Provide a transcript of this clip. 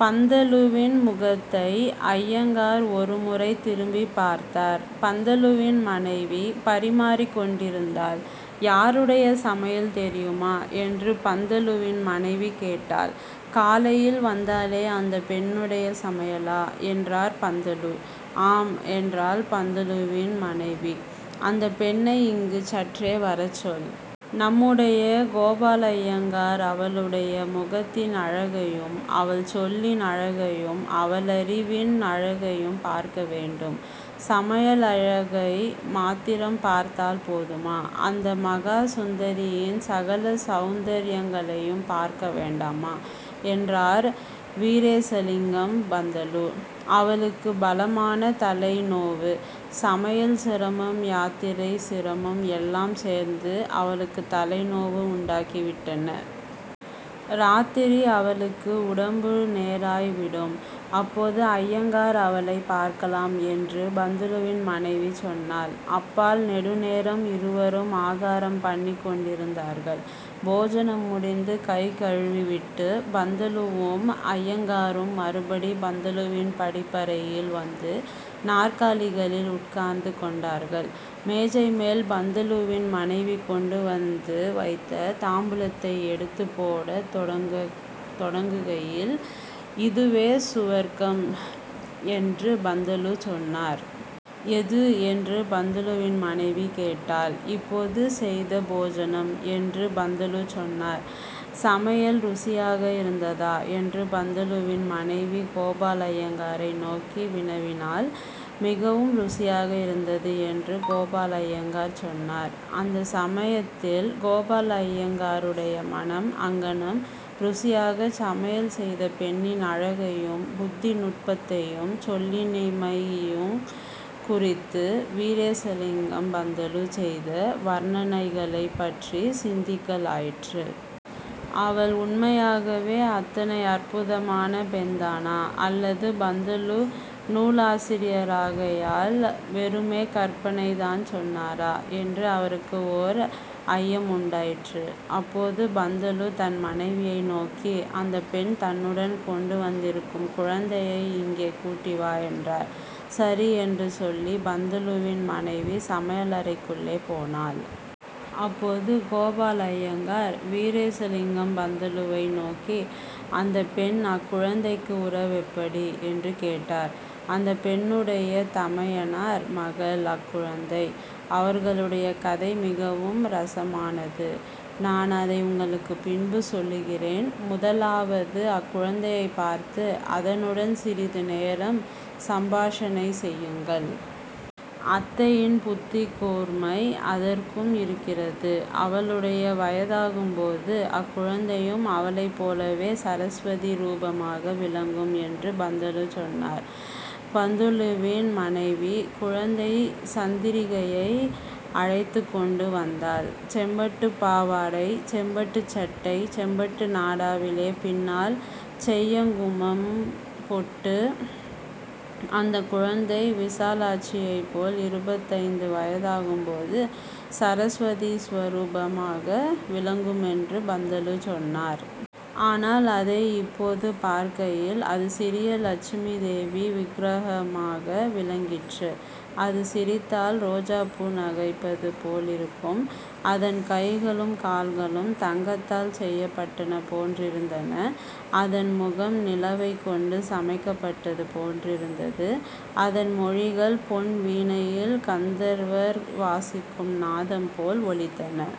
பந்துலுவின் முகத்தை அய்யங்கார் ஒரு முறை திரும்பிப் பார்த்தார். பந்துலுவின் மனைவி பரிமாறிக் கொண்டிருந்தாள். ''யாருடைய சமையல் தெரியுமா? '' என்று பந்துலுவின் மனைவி கேட்டாள். ''காலையில் வந்தாளே, அந்தப் பெண்ணுடைய சமையலா? '' என்றார் பந்துலு. ''ஆம்'' என்றாள் பந்துலுவின் மனைவி. ''அந்தப் பெண்ணை இங்கு சற்றே வரச்சொல். நம்முடைய கோபாலய்யங்கார் அவளுடைய முகத்தின் அழகையும் அவள் சொல்லின் அழகையும் அவளறிவின் அழகையும் பார்க்க வேண்டும். சமையலழகை மாத்திரம் பார்த்தால் போதுமா? அந்த மகா சுந்தரியின் சகல சௌந்தர்யங்களையும் பார்க்க வேண்டாமா? '' என்றார் வீரேசலிங்கம் பந்துலு. ''அவளுக்கு பலமான தலைநோவு. சமையல் சிரமம் யாத்திரை சிரமம் எல்லாம் சேர்ந்து அவளுக்குத் தலைநோவு உண்டாக்கிவிட்டன. இராத்திரி அவளுக்கு உடம்பு நேராய் விடும். அப்போது அய்யங்கார் அவளைப் பார்க்கலாம்'' என்று பந்துலுவின் மனைவி சொன்னாள். அப்பால் நெடுநேரம் இருவரும் ஆகாரம் பண்ணிக் கொண்டிருந்தார்கள். போஜனம் முடிந்து கைகழுவிவிட்டுப் பந்துலுவும் அய்யங்காரும் மறுபடி பந்துலுவின் படிப்பறையில் வந்து நாற்காலிகளில் உட்கார்ந்து கொண்டார்கள். மேஜைமேல் பந்துலுவின் மனைவி கொண்டு வந்து வைத்த தாம்பூலத்தை எடுத்துப் போடத் தொடங்குகையில் ''இதுவே சுவர்க்கம்'' என்று பந்துலு சொன்னார். ''எது? '' என்று பந்தலுவின் மனைவி கேட்டாள். ''இப்போது செய்த போஜனம்'' என்று பந்துலு சொன்னார். ''சமையல் ருசியாக இருந்ததா? '' என்று பந்துலுவின் மனைவி கோபாலய்யங்காரை நோக்கி வினவினாள். ''மிகவும் ருசியாக இருந்தது'' என்று கோபாலய்யங்கார் சொன்னார். அந்த சமயத்தில் கோபாலய்யங்காருடைய மனம் அங்ஙனம் ருசியாகச் சமையல் செய்த பெண்ணின் அழகையும், புத்தி நுட்பத்தையும், சொல்லினிமையையுங் குறித்து வீரேசலிங்கம் பந்துலு செய்த வர்ணனைகளைப் பற்றிச் சிந்திக்கலாயிற்று. அவள், உண்மையாகவே அத்தனை அற்புதமான பெண்தானா? அல்லது பந்துலு நூலாசிரியராகையால் வெறுமே கற்பனை தான் சொன்னாரா? '' என்று அவருக்கு ஓர் ஐயமுண்டாயிற்று. அப்போது பந்துலு தன் மனைவியை நோக்கி, ''அந்தப் பெண் தன்னுடன் கொண்டு வந்திருக்கும் குழந்தையை இங்கே கூட்டி வா'' என்றார். ''சரி'' என்று சொல்லிப் பந்துலுவின் மனைவி சமையலறைக்குள்ளே போனாள். அப்போது கோபாலய்யங்கார் வீரேசலிங்கம் பந்துலுவை நோக்கி:- ''அந்தப் பெண் அக்குழந்தைக்கு உறவெப்படி? '' என்று கேட்டார். ''அந்தப் பெண்ணுடைய தமையனார் மகள் அக்குழந்தை. அவர்களுடைய கதை மிகவும் ரஸமானது. நான் அதை உங்களுக்குப் பின்பு சொல்லுகிறேன். முதலாவது, அக்குழந்தையைப் பார்த்து அதனுடன் சிறிது நேரம் சம்பாஷணை செய்யுங்கள். அத்தையின் புத்திக்கூர்மை அதற்கும் இருக்கிறது. அவளுடைய வயதாகும்போது அக்குழந்தையும் அவளைப் போலவே சரஸ்வதி ரூபமாக விளங்கும்'' என்று பந்துலு சொன்னார். பந்துலுவின் மனைவி குழந்தை சந்திரிகையை அழைத்துக் கொண்டு வந்தாள். செம்பட்டுப் பாவாடை; செம்பட்டுச் சட்டை; செம்பட்டு நாடாவிலே பின்னல், செய்ய குங்குமப் பொட்டு, அந்தக் குழந்தை விசாலாட்சியைப் போல் இருபத்தைந்து வயதாகும்போது சரஸ்வதி ஸ்வரூபமாக விளங்குமென்று பந்துலு சொன்னார். ஆனால் அதை இப்போது பார்க்கையில் அது சிறிய லட்சுமிதேவி விக்ரஹமாக விளங்கிற்று. அது சிரித்தால் ரோஜாப்பூ நகைப்பது போலிருக்கும். அதன் கைகளும் கால்களும் தங்கத்தால் செய்யப்பட்டன போன்றிருந்தன. அதன் முகம் நிலவைக் கொண்டு சமைக்கப்பட்டது போன்றிருந்தது. அதன் மொழிகள் பொன் வீணையில் கந்தர்வர் வாசிக்கும் நாதம்போல் ஒலித்தன.